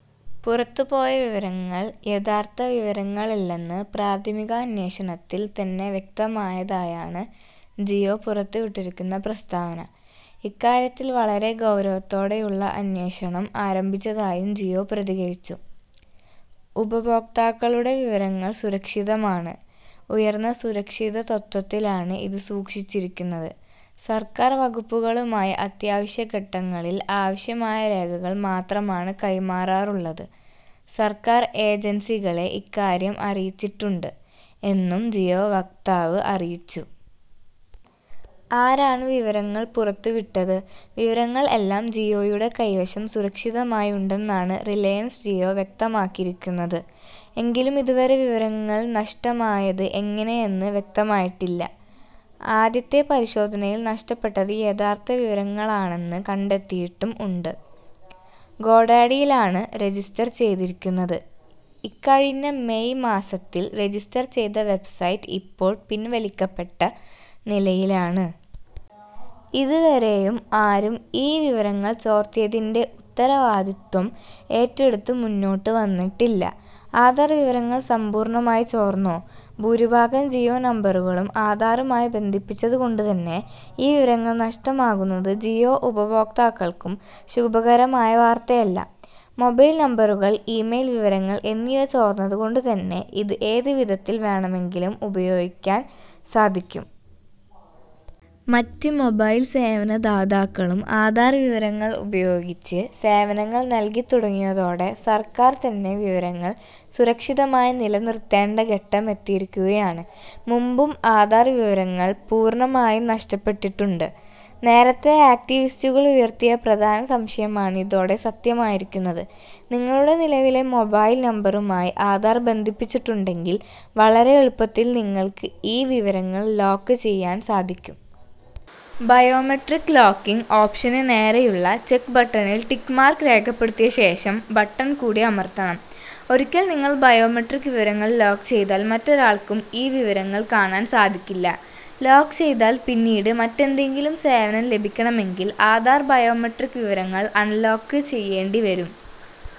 പുറത്തുപോയ വിവരങ്ങൾ യഥാർത്ഥ വിവരങ്ങളല്ലെന്ന് പ്രാഥമികാന്വേഷണത്തിൽ തന്നെ വ്യക്തമായതായാണ് ജിയോ പുറത്തുവിട്ടിരിക്കുന്ന പ്രസ്താവന. ഇക്കാര്യത്തിൽ വളരെ ഗൌരവത്തോടെയുള്ള അന്വേഷണം ആരംഭിച്ചതായും ജിയോ പ്രതികരിച്ചു. "ഉപഭോക്താക്കളുടെ വിവരങ്ങൾ സുരക്ഷിതമാണ്. ഉയർന്ന സുരക്ഷിതത്വത്തിലാണ് ഇത് സൂക്ഷിച്ചിരിക്കുന്നത്. സർക്കാർ വകുപ്പുകളുമായി അത്യാവശ്യ ഘട്ടങ്ങളിൽ ആവശ്യമായ രേഖകൾ മാത്രമാണ് കൈമാറാറുള്ളത്. സർക്കാർ ഏജൻസികളെ ഇക്കാര്യം അറിയിച്ചിട്ടുണ്ട്", എന്നും ജിയോ വക്താവ് അറിയിച്ചു. ആരാണ് വിവരങ്ങൾ പുറത്തുവിട്ടത്? വിവരങ്ങൾ എല്ലാം ജിയോയുടെ കൈവശം സുരക്ഷിതമായി ഉണ്ടെന്നാണ് റിലയൻസ് ജിയോ വ്യക്തമാക്കിയിരിക്കുന്നത്. എങ്കിലും ഇതുവരെ വിവരങ്ങൾ നഷ്ടമായത് എങ്ങിനെയെന്ന് വ്യക്തമായിട്ടില്ല. ആദ്യത്തെ പരിശോധനയിൽ നഷ്ടപ്പെട്ടത് യഥാർത്ഥ വിവരങ്ങളാണെന്ന് കണ്ടെത്തിയിട്ടും ഉണ്ട്. ഗോഡാഡി യിലാണ്. രജിസ്റ്റർ ചെയ്തിരിക്കുന്നത്. ഇക്കഴിഞ്ഞ മെയ് മാസത്തിൽ രജിസ്റ്റർ ചെയ്ത വെബ്സൈറ്റ് ഇപ്പോൾ പിൻവലിക്കപ്പെട്ട നിലയിലാണ്. ഇതുവരെയും ആരും ഈ വിവരങ്ങൾ ചോർത്തിയതിന്റെ ഉത്തരവാദിത്വം ഏറ്റെടുത്ത് മുന്നോട്ട് വന്നിട്ടില്ല. ആധാർ വിവരങ്ങളും സമ്പൂർണ്ണമായി ചോർന്നോ? ഭൂരിഭാഗം ജിയോ നമ്പറുകളും ആധാറുമായി ബന്ധിപ്പിച്ചത് കൊണ്ട് തന്നെ, ഈ വിവരങ്ങൾ നഷ്ടമാകുന്നത് ജിയോ ഉപഭോക്താക്കൾക്കും ശുഭകരമായ വാർത്തയല്ല. മൊബൈൽ നമ്പറുകൾ ഇമെയിൽ വിവരങ്ങൾ എന്നിവ ചോർന്നത് കൊണ്ട് തന്നെ ഇത് ഏത് വിധത്തിൽ വേണമെങ്കിലും ഉപയോഗിക്കാൻ സാധിക്കും. മറ്റ് മൊബൈൽ സേവന ദാതാക്കളും ആധാർ വിവരങ്ങൾ ഉപയോഗിച്ച് സേവനങ്ങൾ നൽകി തുടങ്ങിയതോടെ സർക്കാർ തന്നെ വിവരങ്ങൾ സുരക്ഷിതമായി നിലനിർത്തേണ്ട ഘട്ടമെത്തിയിരിക്കുകയാണ്. മുൻപും ആധാർ വിവരങ്ങൾ പൂർണ്ണമായും നഷ്ടപ്പെട്ടിട്ടുണ്ട്. നേരത്തേ ആക്ടിവിസ്റ്റുകൾ ഉയർത്തിയ പ്രധാന സംശയമാണ് ഇതോടെ സത്യമായിരിക്കുന്നത്. നിങ്ങളുടെ നിലവിലെ മൊബൈൽ നമ്പറുമായി ആധാർ ബന്ധിപ്പിച്ചിട്ടുണ്ടെങ്കിൽ വളരെ എളുപ്പത്തിൽ നിങ്ങൾക്ക് ഈ വിവരങ്ങൾ ലോക്ക് ചെയ്യാൻ സാധിക്കും. ബയോമെട്രിക് ലോക്കിംഗ് ഓപ്ഷന് നേരെയുള്ള ചെക് ബട്ടണിൽ ടിക് മാർക് രേഖപ്പെടുത്തിയ ശേഷം ബട്ടൺ കൂടി അമർത്തണം. ഒരിക്കൽ നിങ്ങൾ ബയോമെട്രിക് വിവരങ്ങൾ ലോക്ക് ചെയ്താൽ മറ്റൊരാൾക്കും ഈ വിവരങ്ങൾ കാണാൻ സാധിക്കില്ല. ലോക് ചെയ്താൽ പിന്നീട് മറ്റെന്തെങ്കിലും സേവനം ലഭിക്കണമെങ്കിൽ ആധാർ ബയോമെട്രിക് വിവരങ്ങൾ അൺലോക് ചെയ്യേണ്ടി വരും.